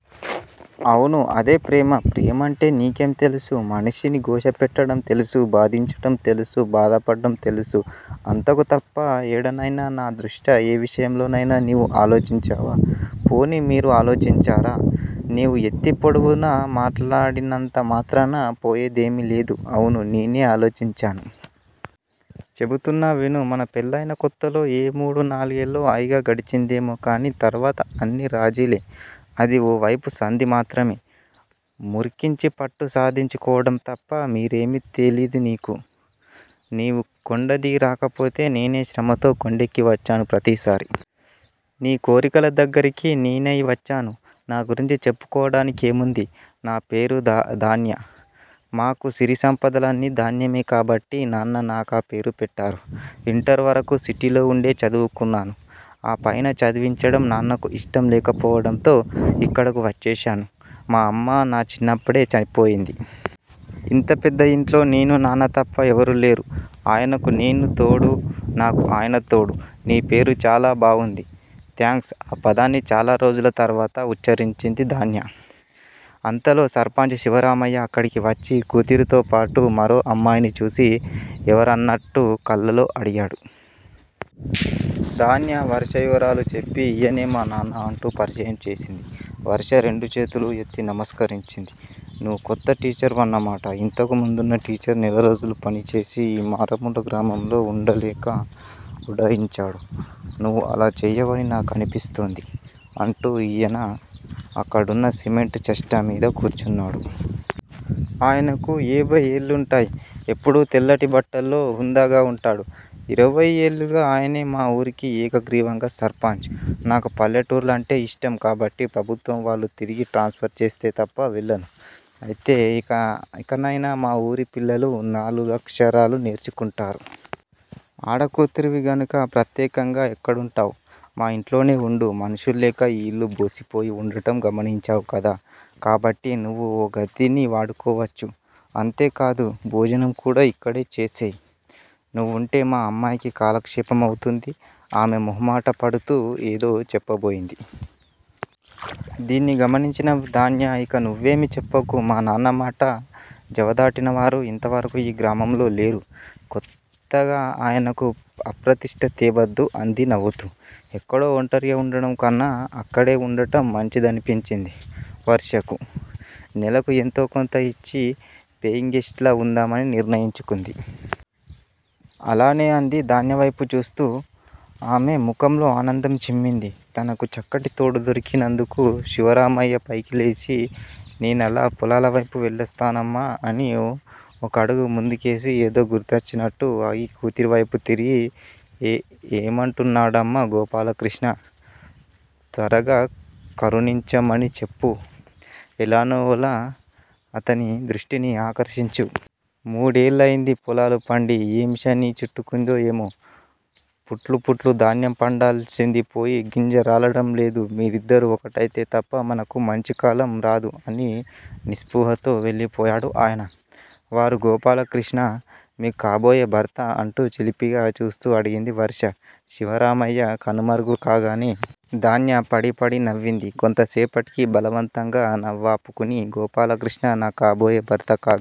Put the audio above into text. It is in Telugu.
అవును, అదే ప్రేమ-- ప్రేమంటే నీకేం తెలుసు? మనిషిని ఘోష పెట్టడం తెలుసు? బాధించటం తెలుసు, బాధపడ్డం తెలుసు. అంతకు తప్ప ఏనాడయినా నా దృష్ట్యా ఏ విషయంలో నైనా నీవు ఆలోచించావా? పోనీ మీరు ఆలోచించారా? నీవు ఎత్తి పొడుపుగా మాట్లాడినంత మాత్రాన పోయేదేమీలేదు అవును నేనే ఆలోచించాను. చెపుతున్నా విను. మన పెళ్ళయిన కొత్తలో ఏ మూడు నాలుగేల్లో హాయిగా గడిచిందేమో కాని తర్వాత అన్ని రాజీలే-- అది ఓ వైపు సంధి మాత్రమే. ముర్ఖించి పట్టు సాధించుకోవటం తప్ప మిరేమీ తెలీదు నీకు. నీవు కొండ దిగి రాకపోతే నేనే శ్రమతో కొండెక్కి వచ్చాను ప్రతిసారి. నీ కోరికల దగ్గరికి నేనై వచ్చాను. నా గురించి చెప్పుకోవడానికేముంది? నాపేరు ధాన్య. మాకు సిరి సంపదలన్నీ ధాన్యమే కాబట్టి నాన్న నాకా పేరు పెట్టారు. ఇంటర్ వరకు సిటీలో వుండే చదువుకున్నాను. ఆపైన చదివించడం నాన్నకు ఇష్టం లేకపోవడంతో ఇక్కడకు వచ్చేశాను. మా అమ్మ నా చిన్నప్పుడే పోయింది. ఇంత పెద్ద ఇంట్లో నేనూ నాన్న తప్ప ఎవరూ లేరు. ఆయనకు నేను తోడు, నాకు ఆయన తోడు. నీ పేరు చాలా బావుంది. థాంక్స్ ఆ పదాన్ని చాలారోజుల తరువాత ఉచ్ఛరించింది ధాన్య. అంతలో సర్పంచ్ శివరామయ్య అక్కడికి వచ్చి కూతురితోపాటు మరో అమ్మాయిని చూసి, ఎవరన్నట్టు కళ్ళ లో అడిగాడు. ధాన్య వర్ష వివరాలు చెప్పి ఈయనే మా నాన్న అంటూ పరిచయం చేసింది. వర్ష రెండు చేతులూ ఎత్తి నమస్కరించింది. నువ్వు కొత్త టీచర్ వన్న మాట. ఇంతకు ముందున్న టీచర్ నెలరోజులు పనిచేసి ఈ మారుమూల గ్రామంలో వుండలేక ఉడాయించాడు. నువ్వు అలా చెయ్యవని నాకనిపిస్తోంది అంటూ ఇయన అక్కడున్న సిమెంట్ చప్టా మీద కూర్చున్నాడు. ఆయనకు ఏభై ఏళ్ళుంటాయి. ఎప్పుడూ తెల్లటి బట్టల్లో హుందాగా వుంటాడు. ఇరవై ఏళ్ళుగా ఆయనే మా వూరికి ఏకగ్రీవంగా సర్పంచ్. నాకు పల్లెటూర్లంటే ఇష్టం. కాబట్టి ప్రభుత్వం వాళ్ళు తిరిగి ట్రాన్స్ ఫర్ చేస్తే తప్ప వెళ్ళను. అయితే ఇకనయినా మా ఊరి పిల్లలు నాలుగక్షరాలు నేర్చుకుంటారు. ఆడకూతురివి గనుక ప్రత్యేకంగా ఎక్కడుంటావ్? మా ఇంట్లోనే వుండు. మనుషుల్లేక ఈ ఇల్లు బోసిపోయి వుండడం గమనించావ్ కదా. కాబట్టి నువ్వు ఓగదిని వాడుకోవచ్చు. అంతే కాదు. భోజనం కూడా ఇక్కడే చేసెయ్. నువ్వుంటే మా అమ్మాయికీ కాలక్షేపం అవుతుంది. ఆమె మొహమాటపడతూ ఏదో చెప్పబోయింది. దీన్ని గమనించిన ధాన్య ఇక నువ్వేమీ చెప్పకు. మా నాన్న మాట జవదాటినవారు ఇంతవరకూ ఈ గ్రామంలో లేరు. కొత్తగా ఆయనకు అప్రతిష్ట తేవద్దు అంది నవ్వుతూ. ఎక్కడో ఒంటరిగా వుండటం కన్నా అక్కడే వుండడం మంచిదనిపించింది. వర్షకు. నెలకు ఎంతో కొంత ఇచ్చి పెయింగ్ గెస్ట్ లా వుందామని నిర్ణయించుకుంది. అలానే అంది ధాన్యవైపు చూస్తూ. ఆమె ముఖంలో ఆనందం చిమ్మింది, తనకు చక్కటి తోడు దొరికి నందుకు. శివరామయ్య పైకి లేచి నేనలా పొలాలవైపు వెళ్ళొస్తానమ్మా అని ఒకడుగు ముందుకేసి ఏదో గుర్తొచ్చినట్టు ఆగి కూతురివైపు తిరిగి ఏమంటున్నాడమ్మా గోపాలకృష్ణ? త్వరగా కరుణించమణి చెప్పు. ఎలానో ఓలా అతని దృష్టిని ఆకర్షించు. మూడేళ్ళయింది పొలాలు పండి. ఏం శని చుట్టుకుందో ఏమో? పుట్లు పుట్లు ధాన్యం పండాల్సింది పోయి గింజ రాలడం లేదు. మీరిద్దరూ ఒకటైతే తప్ప మనకు మంచికాలం రాదు అని నిస్పృహతో వెళ్ళిపోయాడు ఆయన. వారు గోపాలకృష్ణ? మీకు కాబోయే భర్తా అంటూ చిలిపిగా చూస్తూ అడిగింది వర్ష శివరామయ్య కనుమరుగు కాగానే. ధాన్య పడీ పడీ నవ్వింది. కొంతసేపటికి బలవంతంగా నవ్వాపూకుని గోపాలకృష్ణ నాక్కాబోయే భర్త కాదు.